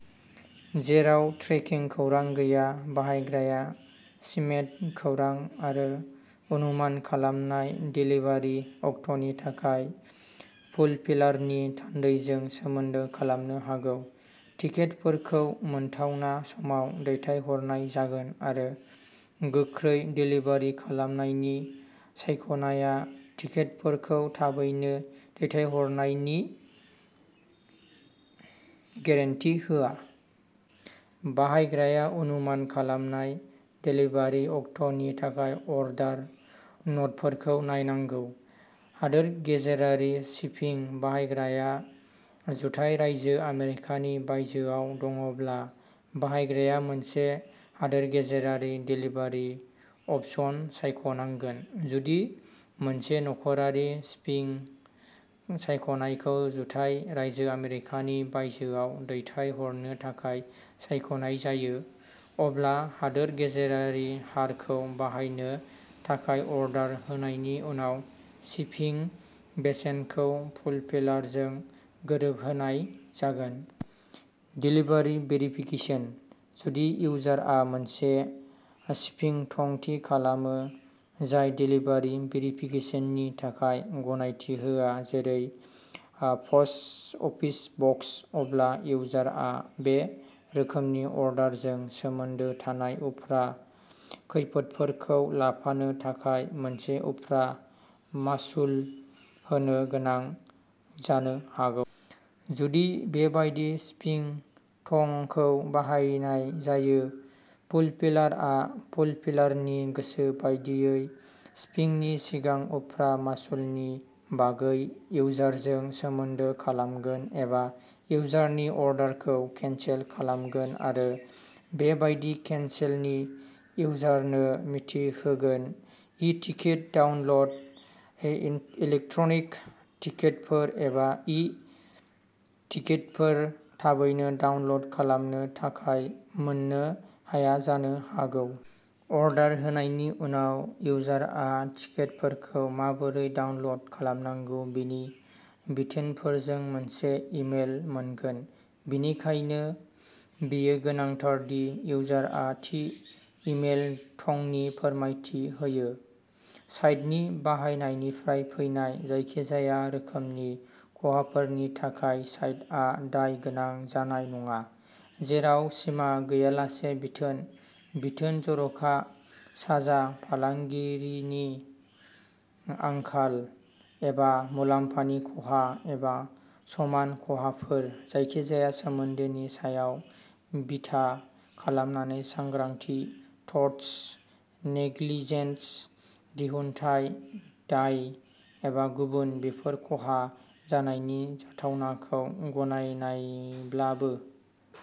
जेराव ट्रेकिं खौरां गैया, बाहायग्राया शिपमेन्ट खौरां आरो अनुमान खालामनाय देलिभारि अक्ट'नि थाखाय फुलफिलारनि थान्दैजों सोमोन्दो खालामनो हागौ। टिकेटफोरखौ मोनथावना समाव दैथायहरनाय जागोन, आरो गोख्रै देलिभारि खालामनायनि सायख'नाया टिकेटफोरखौ थाबैनो दैथायहरनायनि गेरेन्टि होआ। बाहायग्राया अनुमान खालामनाय देलिभारि अक्ट'नि थाखाय अर्डार न'टफोरखौ नायनांगौ। हादोर गेजेरारि शिपिं। बाहायग्राया जुथाइ रायजो आमेरिकानि बायजोआव दङब्ला, बाहायग्राया मोनसे हादोर गेजेरारि देलिभारि अपसन सायख'नांगोन। जुदि मोनसे नखरारि शिपिं सायख'नायखौ जुथाइ रायजो आमेरिकानि बायजोआव दैथायहरनो थाखाय सायख'नाय जायो, अब्ला हादोर गेजेरारि हारखौ बाहायनो थाखाय अर्डार होनायनि उनाव शिपिं बेसेनखौ फुलफिलारजों गोरोबहोनाय जागोन। Delivery verification. जुदि इउजारआ मोनसे शिपिं थं थि खालामो जाय देलिभारि भेरिफिकेसननि थाखाय गनायथि होआ, जेरै पस्ट अफिस बक्स, अब्ला इउजारआ बे रोखोमनि अर्डारजों सोमोन्दो थानाय उफ्रा खैफोदफोरखौ लाफानो थाखाय मोनसे उफ्रा मासुल होनो गोनां जानो हागौ। जुदि बेबादि शिपिं थंखौ बाहायनाय जायो, फुलफिलारआ फुलफिलारनि गोसो बादियै, शिपिंनि सिगां उफ्रा मासुलनि बागै इउजारजों सोमोन्दो खालामगोन एबा इउजारनि अर्डारखौ केन्सेल खालामगोन आरो बेबादि केन्सेलनि इउजारनो मिथिहोगोन। E ticket download. इलेक्ट्रनिक टिकेटफोर एबा "इ-टिकेटफोर" थाबैनो डाउनल'ड खालामनो थाखाय मोन्नो हाया जानो हागौ। अर्डार होनायनि उनाव, इउजारआ टिकेटफोरखौ माबोरै डाउनल'ड खालामनांगौ बेनि बिथोनफोरजों मोनसे इमेल मोनगोन; बेनिखायनो, बेयो गोनांथार दि इउजारआ थि इमेल थंनि फोरमायथि होयो। साइटनि बाहायनायनिफ्राय फैनाय जायखिजाया रोखोमनि खहाफोरनि थाखाय साइटआ दाय गोनां जानाय नङा, जेराव सिमा गैयालासे बिथोन, बिथोन, जर'खा, साजा, फालांगिरिनि आंखाल, एबा मुलाम्फानि खहा, एबा समान खहाफोर, जायखिजाया सोमोन्दोनि सायाव बिथा खालामनाय, सांग्रांथि, टर्ट, नेग्लिजेन्स, दिहुनथाय दाय एबा गुबुन, बेफोर खहा जानायनि जाथावनाखौ गनायनायब्लाबो।